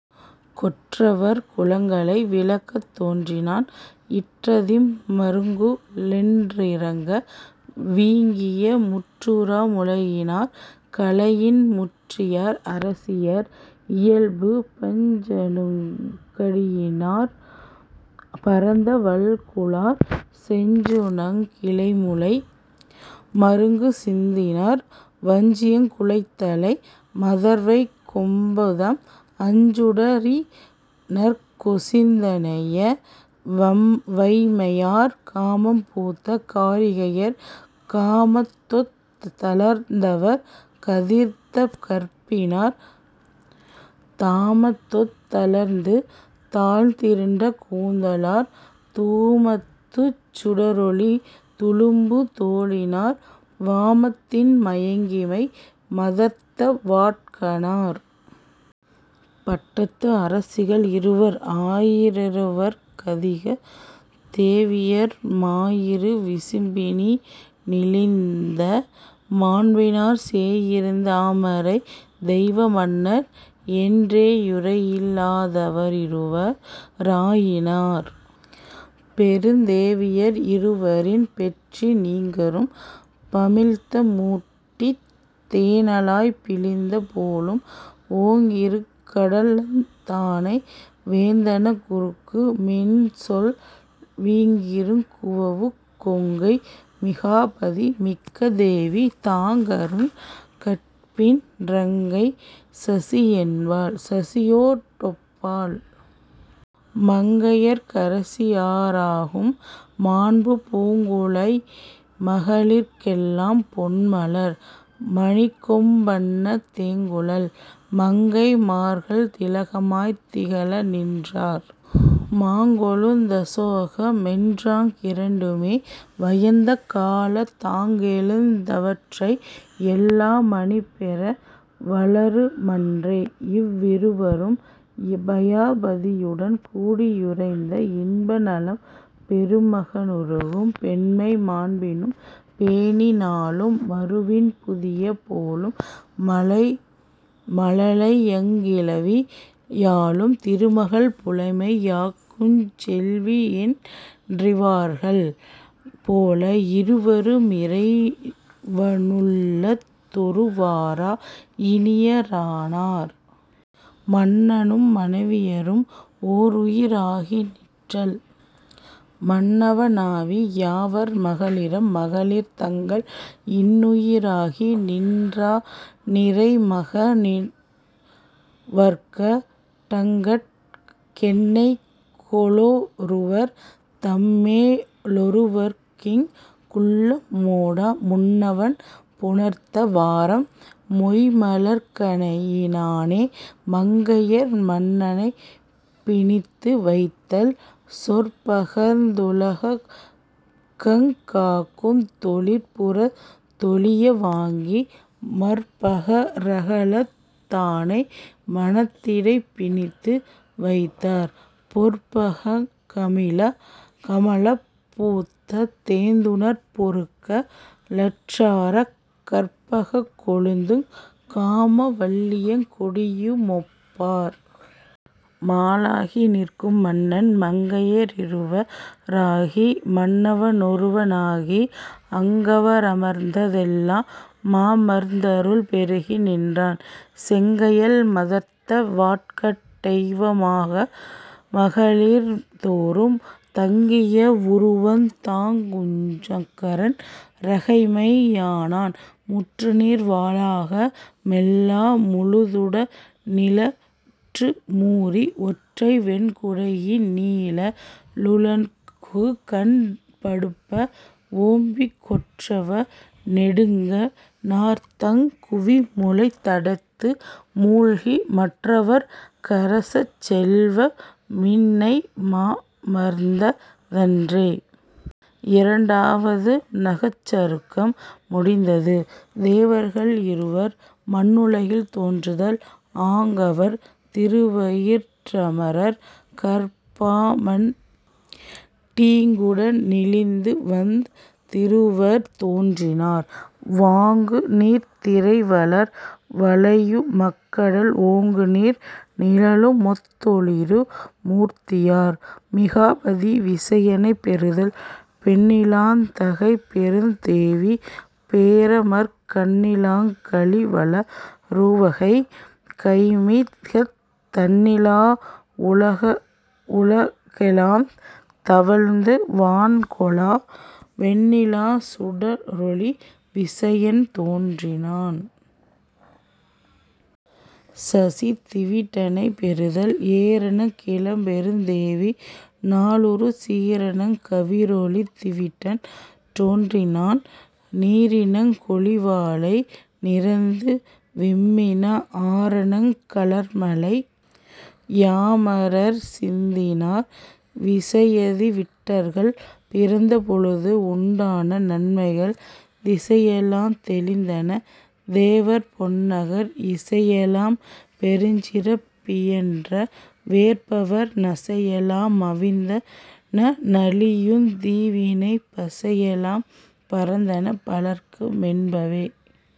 கொற்றவர் குலங்களை விளக்கத் தோன்றினார் இற்றதிம் மருங்குலென் றிரங்க வீங்கிய முற்றுறா முலையினார் கலையின் முற்றியார். அரசியர் இயல்பு பஞ்சனுங் கடியினார் பரந்த வல்குலார் செஞ்சுணங் கிளமுலை மருங்கு சிந்தினார் வஞ்சியங் குழைத்தலை மதர்வைக் கொம்புதம் அஞ்சுட ரிணர்க்கொசிந் தனைய வைம்மையார். காமம் பூத்த காரிகையர் காமத்தொத் தலர்ந்தவர் கதிர்த்த கற்பினார் தாமத்தொத் தலர்ந்துதாழ்ந் திருண்ட கூந்தலார் தூமத்துச் சுடரொளி துளும்பு தோளினார் வாமத்தின் மயங்கிமை மதர்த்த வாட்கணார். பட்டத்து அரசிகள் இருவர் ஆயிர ரவரவர்க் கதிகத் தேவியர் மாயிரு விசும்பினி னிழிந்த மாண்பினார் சேயிருந் தாமரைத் தெய்வ மன்னர் என் றேயுரை யிலாதவ ரிருவ ராயினார். பெருந்தேவியர் இருவரின் பெற்றி நீங்கரும் பமிழ்த மூட்டித் தேனளாய்ப் பிழிந்த போலும் ஓங்கிருங் கடலந் தானை வேந்தணங் குறுக்கு மின்சொல் வீங்கிருங் குவவுக் கொங்கை மிகாபதி மிக்க தேவி தாங்கருங் கற்பின் றங்கை சசிஎன்பாள் சசியோ டொப்பாள். மங்கையர்க்கரசியராகும் மாண்பு பூங்குழை மகளிர்க் கெல்லாம் பொன்மலர் மணிக்கொம் பன்ன தேங்குழல் மங்கை மார்கள் திலகமாய்த் திகழ நின்றார் மாங்கொழுந் தசோக மென்றாங் கிரண்டுமே வயந்த காலத் தாங்கெழுந் தவற்றை யெல்லா மணிபெற வலரு மன்றே. இவ்விருவரும் பயாபதியுடன் கூடியுறைந்த இன்பநலம் பெருமக னுருகும் பெண்மை மாண்பினும் பேணி நாளும் மருவினும் புதிய போலும் மழலையங் கிளவி யாலும் திருமகள் புலமை யாக்குஞ் செல்விஎன் றிவர்கள் போல இருவரு மிறைவ னுள்ளத் தொருவரா யினிய ரானார். மன்னனும் மனைவியரும் ஓருயிர் ஆகி நிற்றல் மன்னவ னாவி யாவார் மகளிரம் மகளிர் தங்கள் இன்னுயி ராகி நின்றா னிறைமக னிவர்க டங்கட் கென்னைகொ லொருவர் தம்மே லொருவர்க்கிங் குள்ள மோட முன்னவன் புணர்த்த வாறம் மொய்ம்மலர்க் கணையி னானே. மங்கையர் மன்னனைப் பிணித்து வைத்தல் சொற்பகர்ந் துலகங் காக்குந் தொழில்புறத் தொழிய வாங்கி மற்பக ரகலத் தானை மனத்திடைப் பிணித்து வைத்தார் பொற்பகங் கமழப் பூத்த தேந்துணர் பொறுக்க லாற்றாக் கற்பகக் கொழுந்துங் காம வல்லியங் கொடியு மொப்பார். மாலாகி நிற்கும் மன்னன் மங்கைய ரிருவ ராகி மன்னவ னொருவ னாகி அங்கவ ரமர்ந்த தெல்லா மமர்ந்தருள் பெருகி நின்றான் செங்கயல் மதர்த்த வாட்கட் டெய்வமா மகளிர் தோறும் தங்கிய வுருவந் தாங்குஞ் சக்கரன் றகைமை யானான். முற்றுநீர் வளாக மெல்லா முழுதுட னிழற்று மூரி ஒற்றைவெண் குடையி னீழ லுலகுகண் படுப்ப வோம்பிக் கொற்றவ னெடுங்க ணார்தங் குவிமுலைத் தடத்து மூழ்கி மற்றவற் கரசச் செல்வ மின்னண மமர்ந்த தன்றே. இரண்டாவது நகரச்சருக்கம் முடிந்தது. தேவர்கள் இருவர் மண்ணுலகில் தோன்றுதல் ஆங்கவர் திருவயிற் றமரர் கற்பமாண் டீங்குட னிழிந்துவந் திருவர் தோன்றினார் வாங்குநீர்த் திரைவளர் வளையு மக்கடல் ஓங்குநீர் நிழலுமொத் தொளிரு மூர்த்தியார். மிகாபதி விசயனைப் பெறுதல் பெண்ணிலாந் தகைப்பெருந் தேவி பேரமர்க் கண்ணிலாங் களிவள ருவகை கைம்மிகத் தண்ணிலா வுலகெலாந் தவழந்து வான்கொள வெண்ணிலா சுடரொளி விசயன் றோன்றினான். சசி திவிட்டனைப் பெறுதல் ஏரணங் கிளம்பெருந் தேவி நாளுறச் சீரணங் கவிரொளித் திவிட்டன் றோன்றினான் நீரணங் கொளிவளை நிரந்து விம்மின ஆரணங் கலர்மழை யமரர் சிந்தினார். விசயதிவிட்டர்கள் பிறந்தபொழுது உண்டான நன்மைகள் திசையெலாத் தெளிந்தன தேவர் பொன்னகர் இசையெலாம் பெருஞ்சிறப் பியன்ற வேற்பவர் நசையெலா மவிந்தன நலியுந் தீவினைப் பசையெலாம் பறந்தன பலர்க்கு மென்பவே.